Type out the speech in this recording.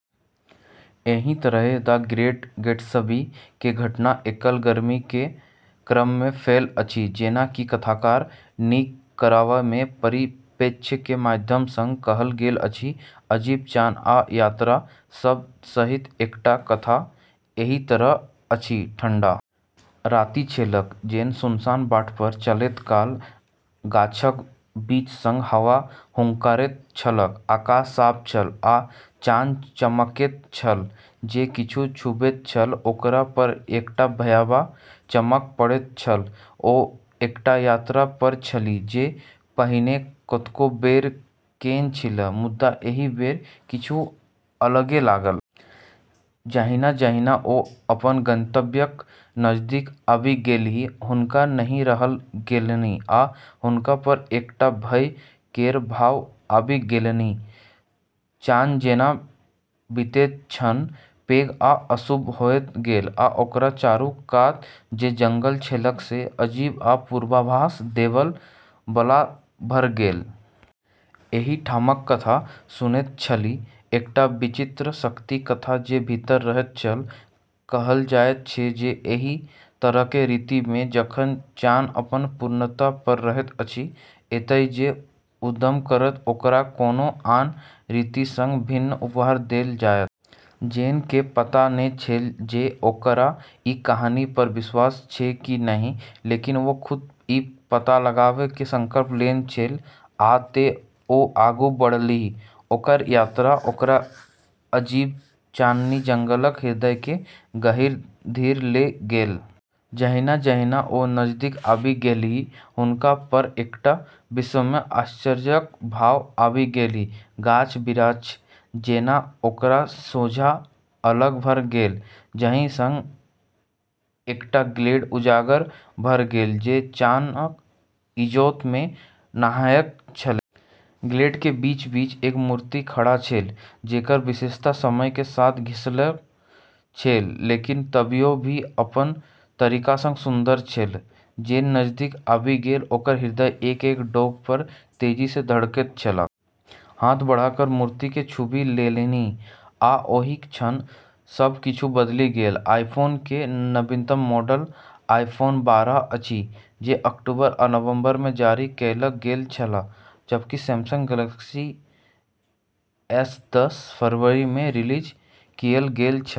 एहि तरहें "The Great Gatsby" के घटना एकल गर्मी के क्रम मे फैल अछि, जेना कि कथाकार निक कैरावे के परिप्रेक्ष्य के माध्यम सँ कहल गेल अछि। "अजीब", "चान", आ "यात्रा" शब्द सहित एकटा कथा एहि तरह अछि। ठंढा राति छलैक। जेन सुनसान बाट पर चलैत काल गाछक बीच सँ हवा हुंकारैत छलैक। आकाश साफ छल, आ चान चमकैत छल जे किछु छूबैत छल ओकरा पर एकटा भयावह चमक पड़ैत छल। ओ एकटा यात्रा पर छलीह, जे पहिने कतेको बेर केने छलीह, मुदा एहि बेर किछु अलगे लागल। जहिना-जहिना ओ अपन गंतव्यक नजदीक आबि गेलीह, हुनका नहि रहल गेलनि आ हुनका पर एकटा भय केर भाव आबि गेलनि। चान जेना बीतैत क्षण पैघ आ अशुभ होइत गेल आ ओकरा चारू कात जे जंगल छलैक से अजीब आ पूर्वाभास देबय बला भ' गेलै। एहि ठामक कथा सुनने छलीह, एकटा विचित्र शक्तिक कथा जे भीतर रहैत छल। कहल जाइत छल जे एहि तरहक राति मे, जखन चान अपन पूर्णता पर रहैत अछि, एतय जे उद्यम करत ओकरा कोनो आन राति सँ भिन्न उपहार देल जायत। जेन के पता नै छेलै जे ओकरा ई कहानी पर विश्वास छै कि नै, लेकिन वू खुद ई पता लगाबै के संकल्प लेने छेलै। आ तें, ओ आगू बढ़लीह। ओकर यात्रा ओकरा अजीब, चाननी जंगलक हृदय मे गहींर धरि ल' गेलै। जहिना-जहिना ओ नजदीक आबि गेलीह, हुनका पर एकटा विस्मय आश्चर्यक भाव आबि गेलनि। गाछ-बिरिछ जेना ओकरा सोझाँ अलग भ' गेलै, जाहि सँ एकटा ग्लेड उजागर भ' गेलै जे चान'क इजोत मे नहाएल छलैक। ग्लेड के बीचोबीच एक मूर्ति खड़ा छेलै, जेकर विशेषता समय के साथ घिसल छेलै लेकिन तभियो भी अपन तरीका सँ सुन्दर छेलै। जेन नजदीक आबि गेलै, ओकर हृदय एक-एक डेग पर तेजी सँ धड़कैत छलैक। हाथ बढ़ा क' मूर्ति केँ छूबि लेलनि, आ ओहि क्षण, सब किछु बदलि गेल। आईफोन के नवीनतम मॉडल आईफोन बारह अछि, जे अक्टूबर आ नवंबर मे जारी कएल गेल छेलै। जबकि सैमसंग गैलेक्सी एस दस फरवरी मे रिलीज कएल गेल छेलै।